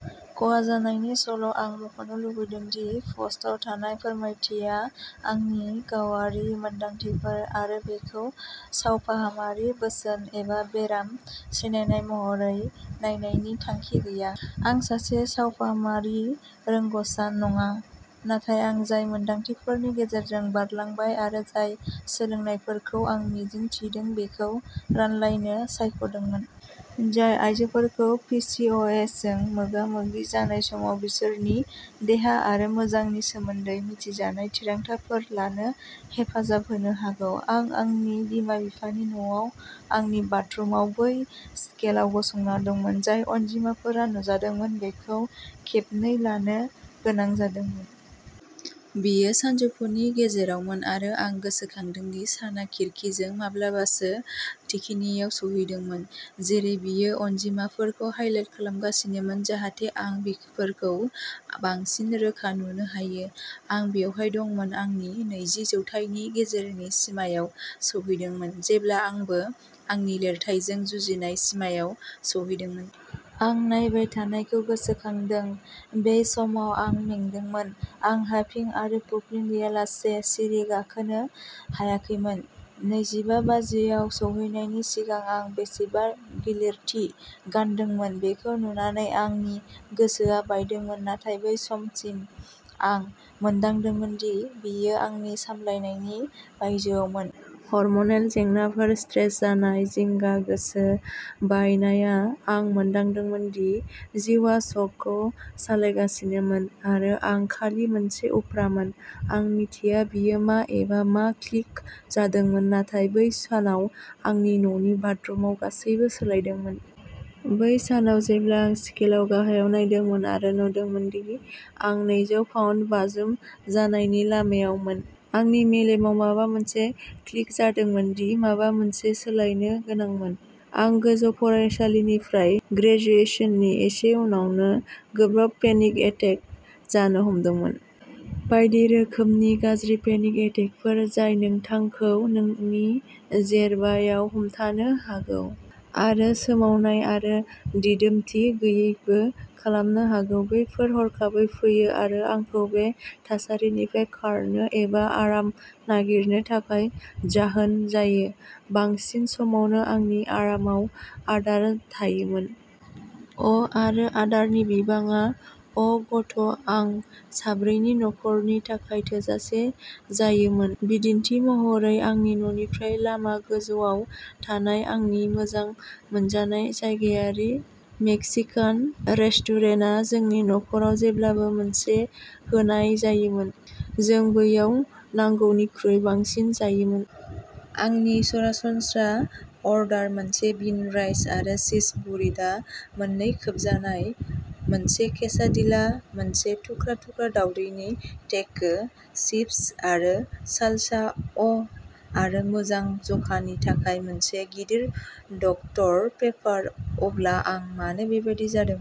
खहा जानायनि सल' आं मख'नो लुबैदों दि प'स्टआव थानाय फोरमायथिया आंनि गावारि मोनदांथिफोर आरो बेखौ सावफाहामारि बोसोन एबा बेराम सिनायनाय महरै नायनायनि थांखि गैया। आं सासे सावफाहामारि रोंग'सा नङा। नाथाय आं जाय मोनदांथिफोरनि गेजेरजों बारलांबाय आरो जाय सोलोंनायफोरखौ आं मिजिं थिदों बेखौ रानलायनो सायख'दोंमोन। जाय आयजोफोरखौ पि चि अ एस जों मोगा-मोगि जानाय समाव बिसोरनि देहा आरो मोजांनि सोमोन्दै मिथिजानाय थिरांथाफोर लानो हेफाजाब होनो हागौ। आं आंनि बिमा-बिफानि न'आव आंनि बाथरुमआव बै स्केलआव गसंना दंमोन। जाय अनजिमाफोरा नुजादोंमोन बेखौ खेबनै लानो गोनां जादोंमोन। बेयो सानजौफुनि गेजेरावमोन आरो आं गोसोखांदों दि साना खिरखिजों माब्लाबासो थिखिनियाव सौहैदोंमोन। जेरै बेयो अनजिमाफोरखौ हाइलाइट खालामगासिनोमोन जाहाथे आं बेफोरखौ बांसिन रोखा नुनो हायो। आं बेवहाय दंमोन आंनि नैजि जौथायनि गेजेरनि सिमायाव सौहैदोंमोन जेब्ला आंबो आंनि लिरथायजों जुजिनाय सिमायाव सौहैदोंमोन। आं नायबाय थानायखौ गोसोखांदों। बे समाव आं मेंदोंमोन। आं हाफिं आरो फुफ्लिं गैयालासे सिरि गाखोनो हायाखैमोन। नैजि बा बाजिआव सौहैनायनि सिगां आं बेसेबां गिलिरथि गानदोंमोन बेखौ नुनानै आंनि गोसोआ बायदोंमोन। नाथाय बै समसिम आं मोनदांदोंमोन दि बेयो आंनि सामलायनायनि बायजोआवमोन। हरम'नेल जेंनाफोर स्ट्रेस जानाय, जिंगा, गोसो बायनाया आं मोनदांदोंमोन दि जिउआ श'खौ सालायगासिनोमोन आरो आं खालि मोनसे उफ्रामोन। आं मिथिया बेयो मा एबा मा क्लिक जादोंमोन। नाथाय बै सानाव आंनि न'नि बाथरुमाव गासैबो सोलायदोंमोन। बै सानाव जेब्ला आं स्केलआव गाहायाव नायदोंमोन आरो नुदोंमोन दि आं नैजौ पाउन्द बाज्रुम जानायनि लामायावमोन। आंनि मेलेमाव माबा मोनसे क्लिक जादोंमोन दि माबा मोनसे सोलायनो गोनांमोन। आं गोजौ फरायसालिनिफ्राय ग्रेजुएशननि एसे उनावनो गोब्राब पेनिक एटेक जानो हमदोंमोन। बायदि रोखोमनि गाज्रि पेनिक एटेकफोर जाय नोंथांखौ नोंनि जेरबायाव हमथानो हागौ आरो सोमावनाय आरो दिदोमथि गैयैबो खालामनो हागौ। बेफोर हरखाबै फैयो आरो आंखौ बे थासारिनिफ्राय खारनो एबा आराम नागिरनो थाखाय जाहोन जायो। बांसिन समावनो आंनि आरामाव आदार थायोमोन। अ' आरो आदारनि बिबाङा अ' गथ' आं साब्रैनि न'खरनि थाखाय थोजासे जायोमोन। बिदिन्थि महरै आंनि न'निफ्राय लामा गोजौआव थानाय आंनि मोजां मोनजानाय जायगायारि मेक्सिकान रेस्टुरेन्टआ जोंनि न'खराव जेब्लाबो मोनसे होनाय जायोमोन। जों बैयाव नांगौनिख्रुइ बांसिन जायोमोन। आंनि सरासनस्रा अरडार मोनसे बिन राइस आरो चीज बुरिट आ मोननै खोबजानाय मोनसे केसाडिला मोनसे थुख्रा-थुख्रा दावदैनि टेको, चिप्स आरो सालसा, अ' आरो मोजां जखानि थाखाय मोनसे गिदिर डक्टर पेपार। अब्ला आं मानो बेबायदि जादों